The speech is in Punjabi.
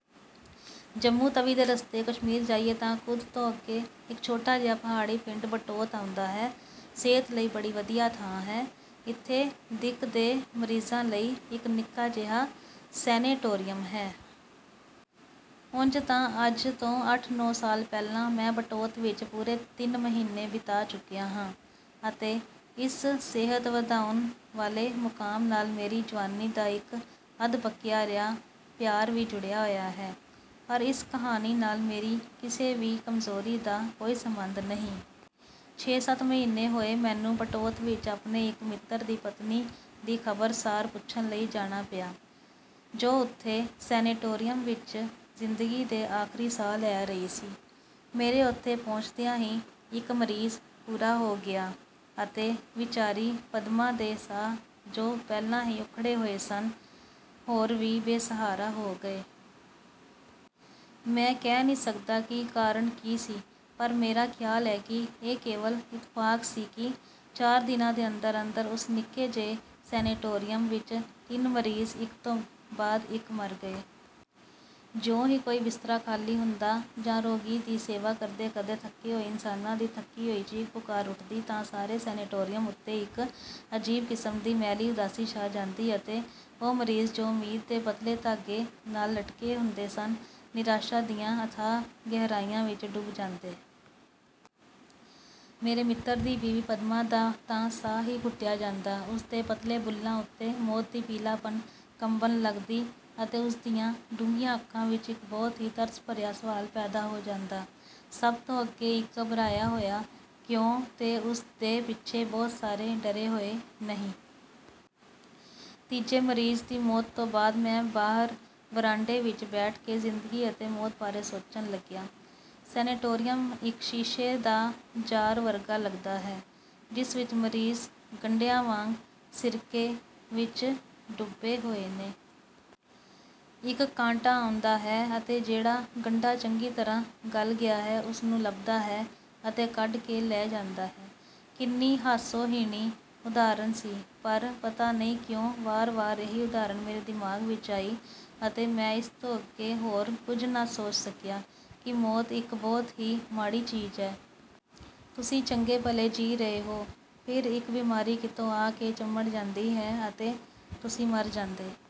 ਜੰਮੂ ਤਵੀ ਦੇ ਰਸਤੇ ਕਸ਼ਮੀਰ ਜਾਈਏ ਤਾਂ ਕੁਦ ਤੋਂ ਅੱਗੇ ਇੱਕ ਛੋਟਾ ਜਿਹਾ ਪਹਾੜੀ ਪਿੰਡ ਬਟੌਤ ਆਉਂਦਾ ਹੈ। ਸਿਹਤ ਲਈ ਬੜੀ ਵਧੀਆ ਥਾਂ ਹੈ। ਇੱਥੇ ਦਿੱਕ ਦੇ ਮਰੀਜ਼ਾਂ ਲਈ ਇੱਕ ਨਿੱਕਾ ਜਿਹਾ ਸੈਨੇਟੋਰੀਅਮ ਹੈ। ਉਂਝ ਤਾਂ ਅੱਜ ਤੋਂ ਅੱਠ-ਨੌਂ ਸਾਲ ਪਹਿਲਾਂ ਮੈਂ ਬਟੌਤ ਵਿੱਚ ਪੂਰੇ ਤਿੰਨ ਮਹੀਨੇ ਬਿਤਾ ਚੁੱਕਿਆ ਹਾਂ ਅਤੇ ਇਸ ਸਿਹਤ ਵਧਾਉਣ ਵਾਲੇ ਮੁਕਾਮ ਨਾਲ ਮੇਰੀ ਜੁਆਨੀ ਦਾ ਇੱਕ ਅੱਧ-ਪੱਕਿਆ ਰਿਹਾ ਪਿਆਰ ਵੀ ਜੁੜਿਆ ਹੋਇਆ ਹੈ ਪਰ ਇਸ ਕਹਾਣੀ ਨਾਲ ਮੇਰੀ ਕਿਸੇ ਵੀ ਕਮਜ਼ੋਰੀ ਦਾ ਕੋਈ ਸਬੰਧ ਨਹੀਂ। ਛੇ-ਸੱਤ ਮਹੀਨੇ ਹੋਏ ਮੈਨੂੰ ਬਟੌਤ ਵਿੱਚ ਆਪਣੇ ਇੱਕ ਮਿੱਤਰ ਦੀ ਪਤਨੀ ਦੀ ਖ਼ਬਰ ਸਾਰ ਪੁੱਛਣ ਲਈ ਜਾਣਾ ਪਿਆ ਜੋ ਉੱਥੇ ਸੈਨੇਟੋਰੀਅਮ ਵਿੱਚ ਜ਼ਿੰਦਗੀ ਦੇ ਆਖਰੀ ਸਾਹ ਲੈ ਰਹੀ ਸੀ। ਮੇਰੇ ਉੱਥੇ ਪਹੁੰਚਦਿਆਂ ਹੀ ਇੱਕ ਮਰੀਜ਼ ਪੂਰਾ ਹੋ ਗਿਆ ਅਤੇ ਵਿਚਾਰੀ ਪਦਮਾ ਦੇ ਸਾਹ ਜੋ ਪਹਿਲਾਂ ਹੀ ਉੱਖੜੇ ਹੋਏ ਸਨ ਹੋਰ ਵੀ ਬੇਸਹਾਰਾ ਹੋ ਗਏ। ਮੈਂ ਕਹਿ ਨਹੀਂ ਸਕਦਾ ਕਿ ਕਾਰਨ ਕੀ ਸੀ ਪਰ ਮੇਰਾ ਖਿਆਲ ਹੈ ਕਿ ਇਹ ਕੇਵਲ ਇਤਫਾਕ ਸੀ ਕਿ ਚਾਰ ਦਿਨਾਂ ਦੇ ਅੰਦਰ-ਅੰਦਰ ਉਸ ਨਿੱਕੇ ਜਿਹੇ ਸੈਨੇਟੋਰੀਅਮ ਵਿੱਚ ਤਿੰਨ ਮਰੀਜ਼ ਇੱਕ ਤੋਂ ਬਾਅਦ ਇੱਕ ਮਰ ਗਏ। ਜਿਉਂ ਹੀ ਕੋਈ ਬਿਸਤਰਾ ਖਾਲੀ ਹੁੰਦਾ ਜਾਂ ਰੋਗੀ ਦੀ ਸੇਵਾ ਕਰਦੇ ਕਰਦੇ ਥੱਕੇ ਹੋਏ ਇਨਸਾਨਾਂ ਦੀ ਥੱਕੀ ਹੋਈ ਚੀਕ-ਪੁਕਾਰ ਉੱਠਦੀ ਤਾਂ ਸਾਰੇ ਸੈਨੇਟੋਰੀਅਮ ਉੱਤੇ ਇੱਕ ਅਜੀਬ ਕਿਸਮ ਦੀ ਮੈਲੀ ਉਦਾਸੀ ਛਾ ਜਾਂਦੀ ਅਤੇ ਉਹ ਮਰੀਜ਼ ਜੋ ਉਮੀਦ ਦੇ ਪਤਲੇ ਧਾਗੇ ਨਾਲ ਲਟਕੇ ਹੁੰਦੇ ਸਨ ਨਿਰਾਸ਼ਾ ਦੀਆਂ ਅਥਾਹ ਗਹਿਰਾਈਆਂ ਵਿੱਚ ਡੁੱਬ ਜਾਂਦੇ। ਮੇਰੇ ਮਿੱਤਰ ਦੀ ਬੀਵੀ ਪਦਮਾ ਦਾ ਤਾਂ ਸਾਹ ਹੀ ਘੁੱਟਿਆ ਜਾਂਦਾ ਉਸਦੇ ਪਤਲੇ ਬੁੱਲ੍ਹਾਂ ਉੱਤੇ ਮੌਤ ਦੀ ਪੀਲਾਪਣ ਕੰਬਣ ਲੱਗਦੀ ਅਤੇ ਉਸਦੀਆਂ ਡੂੰਘੀਆਂ ਅੱਖਾਂ ਵਿੱਚ ਇੱਕ ਬਹੁਤ ਹੀ ਤਰਸ ਭਰਿਆ ਸਵਾਲ ਪੈਦਾ ਹੋ ਜਾਂਦਾ ਸਭ ਤੋਂ ਅੱਗੇ ਇੱਕ ਘਬਰਾਇਆ ਹੋਇਆ 'ਕਿਉਂ' ਤੇ ਉਸ ਦੇ ਪਿੱਛੇ ਬਹੁਤ ਸਾਰੇ ਡਰੇ ਹੋਏ 'ਨਹੀਂ'। ਤੀਜੇ ਮਰੀਜ਼ ਦੀ ਮੌਤ ਤੋਂ ਬਾਅਦ ਮੈਂ ਬਾਹਰ ਵਰਾਂਡੇ ਵਿੱਚ ਬੈਠ ਕੇ ਜ਼ਿੰਦਗੀ ਅਤੇ ਮੌਤ ਬਾਰੇ ਸੋਚਣ ਲੱਗਿਆ। ਸੈਨੇਟੋਰੀਅਮ ਇੱਕ ਸ਼ੀਸ਼ੇ ਦਾ ਜਾਰ ਵਰਗਾ ਲਗਦਾ ਹੈ ਜਿਸ ਵਿੱਚ ਮਰੀਜ਼ ਗੰਢਿਆਂ ਵਾਂਗ ਸਿਰਕੇ ਵਿੱਚ ਡੁੱਬੇ ਹੋਏ ਨੇ। ਇੱਕ ਕਾਂਟਾ ਆਉਂਦਾ ਹੈ ਅਤੇ ਜਿਹੜਾ ਗੰਢਾ ਚੰਗੀ ਤਰ੍ਹਾਂ ਗਲ ਗਿਆ ਹੈ ਉਸਨੂੰ ਲੱਭਦਾ ਹੈ ਅਤੇ ਕੱਢ ਕੇ ਲੈ ਜਾਂਦਾ ਹੈ। ਕਿੰਨੀ ਹਾਸੋਹੀਣੀ ਉਦਾਹਰਨ ਸੀ ਪਰ ਪਤਾ ਨਹੀਂ ਕਿਉਂ ਵਾਰ-ਵਾਰ ਇਹੀ ਉਦਾਹਰਨ ਮੇਰੇ ਦਿਮਾਗ ਵਿੱਚ ਆਈ ਅਤੇ ਮੈਂ ਇਸ ਤੋਂ ਅੱਗੇ ਹੋਰ ਕੁਝ ਨਾ ਸੋਚ ਸਕਿਆ ਕਿ ਮੌਤ ਇੱਕ ਬਹੁਤ ਹੀ ਮਾੜੀ ਚੀਜ਼ ਹੈ। ਤੁਸੀਂ ਚੰਗੇ ਭਲੇ ਜੀ ਰਹੇ ਹੋ ਫਿਰ ਇੱਕ ਬਿਮਾਰੀ ਕਿਤੋਂ ਆ ਕੇ ਚੰਬੜ ਜਾਂਦੀ ਹੈ ਅਤੇ ਤੁਸੀਂ ਮਰ ਜਾਂਦੇ